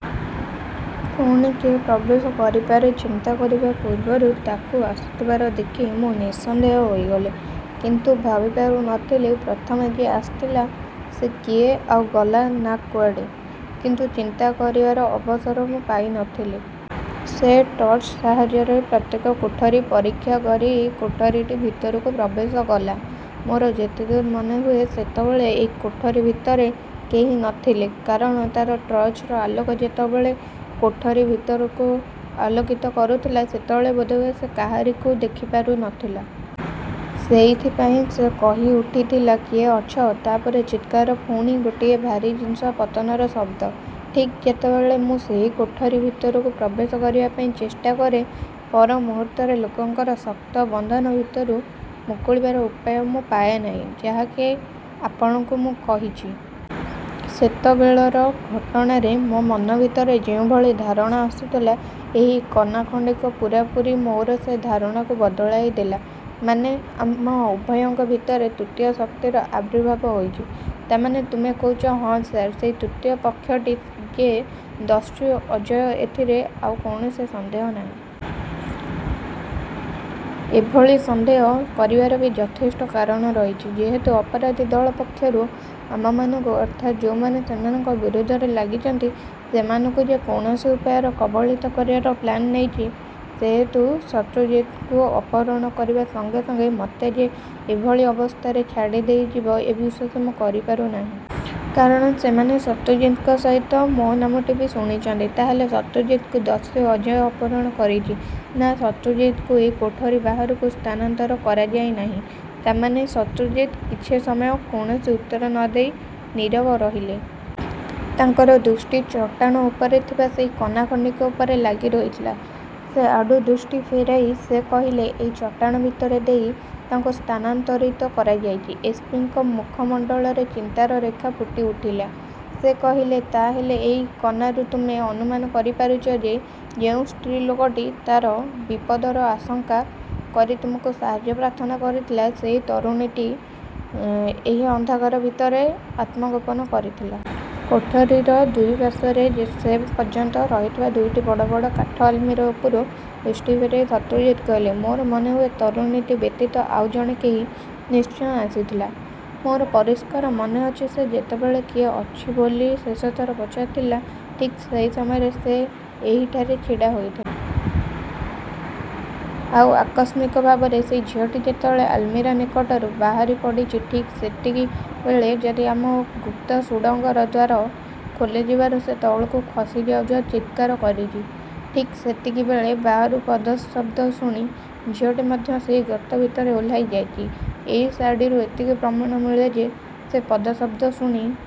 ପୁଣି କିଏ ପ୍ରବେଶ କରିପାରେ ଚିନ୍ତା କରିବା ପୂର୍ବରୁ ତାକୁ ଆସୁଥିବାର ଦେଖି ମୁଁ ନିଃସନ୍ଦେହ ହୋଇଗଲି କିନ୍ତୁ ଭାବିପାରୁ ନ ଥିଲି ପ୍ରଥମେ ଯିଏ ଆସିଥିଲା ସେ କିଏ ଆଉ ଗଲା କୁଆଡ଼େ? କିନ୍ତୁ ଚିନ୍ତା କରିବାର ଅବସର ମୁଁ ପାଇ ନ ଥିଲି। ସେ ଟର୍ଚ୍ଚ ସାହାଯ୍ୟରେ ପ୍ରତ୍ୟେକ କୋଠରି ପରୀକ୍ଷା କରି ଏହି କୋଠରିଟି ଭିତରକୁ ପ୍ରବେଶ କଲା। ମୋର ଯେତେଦୂର ମନେହୁଏ ସେତେବେଳେ ଏହି କୋଠରି ଭିତରେ କେହି ନ ଥିଲେ। କାରଣ ତା’ର ଟର୍ଚ୍ଚର ଆଲୋକ ଯେତେବେଳେ କୋଠରି ଭିତରକୁ ଆଲୋକିତ କରୁଥିଲା ସେତେବେଳେ ବୋଧହୁଏ ସେ କାହାରିକୁ ଦେଖି ପାରି ନ ଥିଲା। ସେଇଥିପାଇଁ ସେ କହିଉଠିଥିଲା କିଏ ଅଛ? ତା’ ପରେ ଚିତ୍କାର ପୁଣି ଗୋଟିଏ ଭାରୀ ଜିନିଷ ପତନର ଶବ୍ଦ। ଠିକ୍ ଯେତେବେଳେ ମୁଁ ସେହି କୋଠରି ଭିତରକୁ ପ୍ରବେଶ କରିବା ପାଇଁ ଚେଷ୍ଟା କରେ ପରମୁହୂର୍ତ୍ତରେ ଲୋକଙ୍କର ଶକ୍ତ ବନ୍ଧନ ଭିତରୁ ମୁକୁଳିବାର ଉପାୟ ମୁଁ ପାଏ ନାହିଁ ଯାହା କି ଆପଣଙ୍କୁ ମୁଁ କହିଛି। ସେତେବେଳର ଘଟଣାରେ ମୋ ମନ ଭିତରେ ଯେଉଁଭଳି ଧାରଣା ଆସୁଥିଲା ଏହି କନାଖଣ୍ଡିକ ପୂରାପୂରି ମୋର ସେ ଧାରଣାକୁ ବଦଳାଇ ଦେଲା। ମାନେ? ଆମ ଉଭୟଙ୍କ ଭିତରେ ତୃତୀୟ ଶକ୍ତିର ଆବିର୍ଭାବ ହୋଇଛି। ତା’ ମାନେ ତୁମେ କହୁଛ ହଁ ସାର୍ ସେହି ତୃତୀୟ ପକ୍ଷଟି ଯେ ଦସ୍ୟୁ ଅଜୟ ଏଥିରେ ଆଉ କୌଣସି ସନ୍ଦେହ ନାହିଁ। ଏ ଭଳି ସନ୍ଦେହ କରିବାର ବି ଯଥେଷ୍ଟ କାରଣ ରହିଛି। ଯେହେତୁ ଅପରାଧୀ ଦଳ ପକ୍ଷରୁ ଆମମାନଙ୍କୁ ଅର୍ଥାତ୍ ଯେଉଁମାନେ ସେମାନଙ୍କ ବିରୁଦ୍ଧରେ ଲାଗିଛନ୍ତି ସେମାନଙ୍କୁ ଯେ କୌଣସି ଉପାୟରେ କବଳିତ କରିବାର ପ୍ଲାନ୍ ନେଇଛି। ସେହେତୁ ଶତ୍ରୁଜିତ୍‌ଙ୍କୁ ଅପହରଣ କରିବା ସଙ୍ଗେ ସଙ୍ଗେ ମୋତେ ଯେ ଏ ଭଳି ଅବସ୍ଥାରେ ଛାଡ଼ି ଦେଇଯିବ ଏ ବିଶ୍ୱାସ ମୁଁ କରିପାରୁ ନାହିଁ। କାରଣ ସେମାନେ ଶତ୍ରୁଜିତ୍‌ଙ୍କ ସହିତ ମୋ ନାମଟି ବି ଶୁଣିଛନ୍ତି। ତା’ ହେଲେ ଶତ୍ରୁଜିତ୍‌ଙ୍କୁ ଦସ୍ୟୁ ଅଜୟ ଅପହରଣ କରିଛି? ନା ଶତ୍ରୁଜିତ୍‌ଙ୍କୁ ଏହି କୋଠରିରୁ ବାହାରକୁ ସ୍ଥାନାନ୍ତର କରାଯାଇ ନାହିଁ। ତା’ ମାନେ? ଶତ୍ରୁଜିତ୍ କିଛି ସମୟ କୌଣସି ଉତ୍ତର ନ ଦେଇ ନୀରବ ରହିଲେ। ତାଙ୍କର ଦୃଷ୍ଟି ଚଟାଣ ଉପରେ ଥିବା ସେହି କନା ଖଣ୍ଡିକ ଉପରେ ଲାଗି ରହିଥିଲା। ସେ ଆଡ଼ୁ ଦୃଷ୍ଟି ଫେରାଇ ସେ କହିଲେ ଏହି ଚଟାଣ ଭିତର ଦେଇ ତାଙ୍କୁ ସ୍ଥାନାନ୍ତରିତ କରାଯାଇଛି। ଏସ୍ ପି ଙ୍କ ମୁଖମଣ୍ଡଳରେ ଚିନ୍ତାର ରେଖା ଫୁଟିଉଠିଲା। ସେ କହିଲେ ତା’ ହେଲେ ଏଇ କନାରୁ ତୁମେ ଅନୁମାନ କରି ପାରୁଛ ଯେ ଯେଉଁ ସ୍ତ୍ରୀ ଲୋକଟି ତା’ର ବିପଦର ଆଶଙ୍କା କରି ତୁମକୁ ସାହାଯ୍ୟ ପ୍ରାର୍ଥନା କରିଥିଲା ସେହି ତରୁଣୀଟି ଏହି ଅନ୍ଧକାର ଭିତରେ ଆତ୍ମଗୋପନ କରିଥିଲା। କୋଠରିର ଦୁଇ ପାର୍ଶ୍ୱରେ ସେ ପର୍ଯ୍ୟନ୍ତ ରହିଥିବା ଦୁଇଟି ବଡ଼ ବଡ଼ କାଠ ଆଲମିରା ଉପରୁ ଦୃଷ୍ଟି ଫେରାଇ ଶତ୍ରୁଜିତ୍ କହିଲେ ମୋର ମନେହୁଏ ତରୁଣୀଟି ବ୍ୟତୀତ ଆଉ ଜଣେ କେହି ନିଶ୍ଚୟ ଆସିଥିଲା। ମୋର ପରିଷ୍କାର ମନେ ଅଛି ସେ ଯେତେବେଳେ କିଏ ଅଛି ବୋଲି ଶେଷଥର ପଚାରିଥିଲା ଠିକ୍ ସେହି ସମୟରେ ସେ ଏହିଠାରେ ଛିଡ଼ା ହୋଇଥିଲା। ଆଉ ଆକସ୍ମିକ ଭାବରେ ସେଇ ଝିଅଟି ଯେତେବେଳେ ଆଲମିରା ନିକଟରୁ ବାହାରି ପଡ଼ିଛି ଠିକ୍ ସେତିକିବେଳେ ଯଦି ଆମ ଗୁପ୍ତ ସୁଡ଼ଙ୍ଗର ଦ୍ୱାର ଖୋଲିଯିବାରୁ ସେ ତଳକୁ ଖସି ଯାଉ ଯାଉ ଚିତ୍କାର କରିଛି। ଠିକ୍ ସେତିକିବେଳେ ବାହାରୁ ପଦଶବ୍ଦ ଶୁଣି ଝିଅଟି ମଧ୍ୟ ସେହି ଗର୍ତ୍ତ ଭିତରେ ଓହ୍ଲାଇ ଯାଇଛି। ଏଇ ଶାଢ଼ିରୁ ଏତିକି ପ୍ରମାଣ ମିଳେ ଯେ ସେ ପଦଶବ୍ଦ ଶୁଣି